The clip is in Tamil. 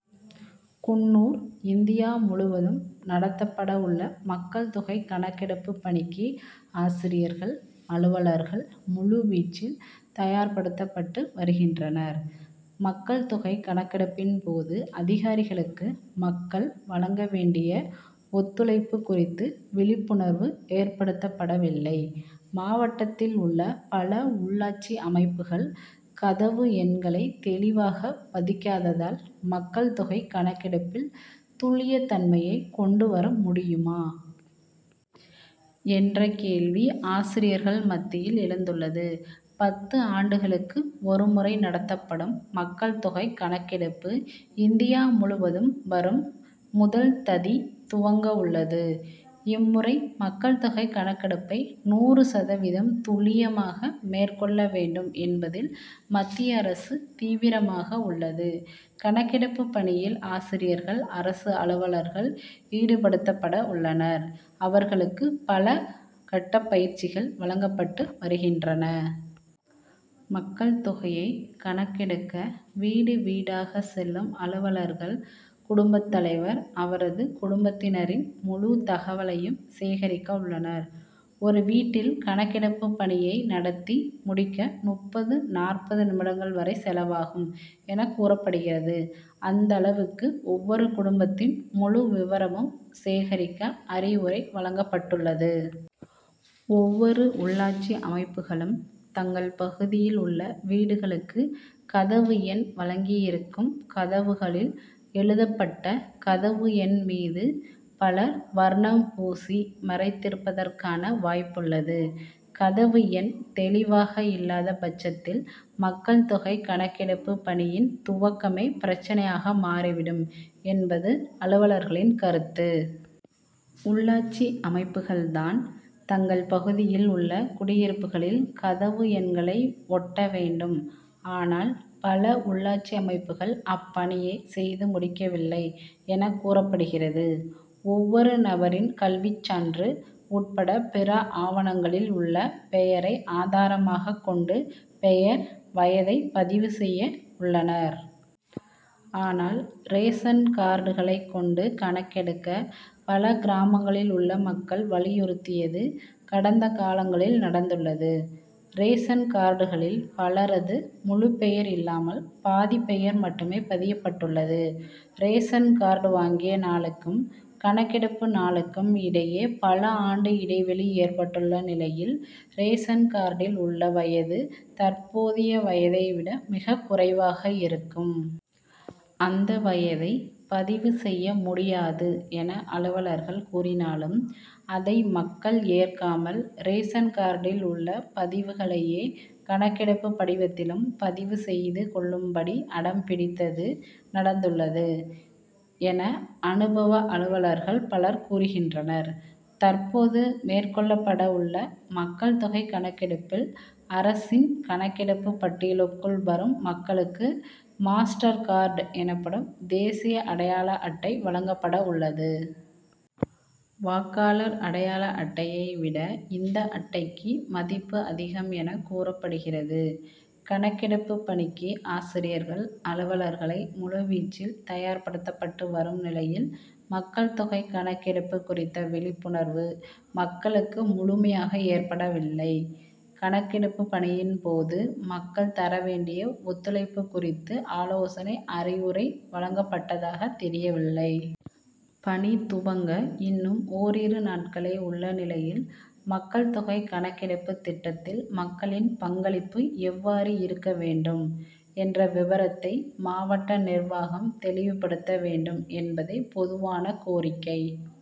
குன்னூர் இந்தியா முழுவதும் நடத்தப்பட உள்ள மக்கள் தொகை கணக்கெடுப்பு பணிக்கு, ஆசிரியர்கள், அலுவலர்கள் முழுவீச்சில் தயார்படுத்தப்பட்டு வருகின்றனர் மக்கள் தொகை கணக்கெடுப்பின் போது அதிகாரிகளுக்கு மக்கள் வழங்க வேண்டிய ஒத்துழைப்பு குறித்து விழிப்புணர்வு ஏற்படுத்தப்படவில்லை மாவட்டத்தில் உள்ள பல உள்ளாட்சி அமைப்புகள் கதவு எண்களை தெளிவாக பதிக்காததால், மக்கள் தொகை கணக்கெடுப்பில் துல்லியத் தன்மையை கொண்டு வர முடியுமா? என்ற கேள்வி, ஆசிரியர்கள் மத்தியில் எழுந்துள்ளது. பத்து ஆண்டுகளுக்கு ஒருமுறை நடத்தப்படும் மக்கள் தொகை கணக்கெடுப்பு, இந்தியா முழுவதும் வரும் முதல் ததி துவங்கவுள்ளது இம்முறை மக்கள் தொகை கணக்கெடுப்பை நூறு சதவீதம் துல்லியமாக மேற்கொள்ள வேண்டும் என்பதில், மத்திய அரசு தீவிரமாக உள்ளது. கணக்கெடுப்பு பணியில் ஆசிரியர்கள், அரசு அலுவலர்கள் ஈடுபடுத்தப்பட உள்ளனர் அவர்களுக்கு பல கட்டப் பயிற்சிகள் வழங்கப்பட்டு வருகின்றன. மக்கள் தொகையை கணக்கெடுக்க வீடு, வீடாக செல்லும் அலுவலர்கள், குடும்பத் தலைவர், அவரது குடும்பத்தினரின் முழு தகவலையும் சேகரிக்க உள்ளனர். ஒரு வீட்டில் கணக்கெடுப்பு பணியை நடத்தி முடிக்க முப்பது நாற்பது நிமிடங்கள் வரை செலவாகும் என கூறப்படுகிறது. அந்தளவுக்கு ஒவ்வொரு குடும்பத்தின் முழு விபரமும் சேகரிக்க அறிவுரை வழங்கப்பட்டுள்ளது. ஒவ்வொரு உள்ளாட்சி அமைப்புகளும், தங்கள் பகுதியில் உள்ள வீடுகளுக்கு கதவு எண் வழங்கியிருக்கும் கதவுகளில் எழுதப்பட்டுள்ள கதவு எண் மீது பலர் வர்ணம் பூசி மறைத்திருப்பதற்கான வாய்ப்புள்ளது கதவு எண் தெளிவாக இல்லாத பட்சத்தில் மக்கள் தொகை கணக்கெடுப்பு பணியின் துவக்கமே பிரச்னையாக மாறிவிடும் என்பது அலுவலர்களின் கருத்து. உள்ளாட்சி அமைப்புகள் தான், தங்கள் பகுதியில் உள்ள குடியிருப்புகளில், கதவு எண்களை ஒட்ட வேண்டும் ஆனால், பல உள்ளாட்சி அமைப்புகள் அப்பணியை செய்து முடிக்கவில்லை என கூறப்படுகிறது. ஒவ்வொரு நபரின் கல்விச்சான்று உட்பட பிற ஆவணங்களில் உள்ள பெயரை ஆதாரமாக கொண்டு பெயர், வயதை பதிவு செய்ய உள்ளனர். ஆனால், ரேஷன் கார்டுகளை கொண்டு கணக்கெடுக்க, பல கிராமங்களில் உள்ள மக்கள் வலியுறுத்தியது, கடந்த காலங்களில் நடந்துள்ளது. ரேஷன் கார்டுகளில் பலரது முழுப் பெயர் இல்லாமல், பாதி பெயர் மட்டுமே பதியப்பட்டுள்ளது ரேஷன் கார்டு வாங்கிய நாளுக்கும், கணக்கெடுப்பு நாளுக்கும் இடையே பல ஆண்டு இடைவெளி ஏற்பட்டுள்ள நிலையில், ரேஷன் கார்டில் உள்ள வயது தற்போதைய வயதை விட மிகக் குறைவாக இருக்கும். அந்த வயதை பதிவு செய்ய முடியாது என அலுவலர்கள் கூறினாலும், அதை மக்கள் ஏற்காமல், ரேஷன் கார்டில் உள்ள பதிவுகளையே, கணக்கெடுப்பு படிவத்திலும் பதிவு செய்து கொள்ளும்படி அடம் பிடித்தது, நடந்துள்ளது' என, அனுபவ அலுவலர்கள் பலர் கூறுகின்றனர். தற்போது மேற்கொள்ளப்பட உள்ள மக்கள் தொகை கணக்கெடுப்பில், அரசின் கணக்கெடுப்பு பட்டியலுக்குள் வரும் மக்களுக்கு மாஸ்டர் கார்டு' எனப்படும் தேசிய அடையாள அட்டை வழங்கப்பட உள்ளது. வாக்காளர் அடையாள அட்டையை விட இந்த அட்டைக்கு மதிப்பு அதிகம் என கூறப்படுகிறது. கணக்கெடுப்பு பணிக்கு ஆசிரியர்கள், அலுவலர்களை முழுவீச்சில் தயார்படுத்தப்பட்டு வரும் நிலையில், மக்கள் தொகை கணக்கெடுப்பு குறித்த விழிப்புணர்வு, மக்களுக்கு முழுமையாக ஏற்படவில்லை கணக்கெடுப்பு பணியின் போது, மக்கள் தர வேண்டிய ஒத்துழைப்பு குறித்து ஆலோசனை, அறிவுரை வழங்கப்பட்டதாக தெரியவில்லை. பணி துவங்க இன்னும் ஒரிரு நாட்களே உள்ள நிலையில், மக்கள் தொகை கணக்கெடுப்பு திட்டத்தில் மக்களின் பங்களிப்பு எவ்வாறு இருக்க வேண்டும்? என்ற விபரத்தை, மாவட்ட நிர்வாகம் தெளிவுபடுத்த வேண்டும் என்பதே பொதுவான கோரிக்கை.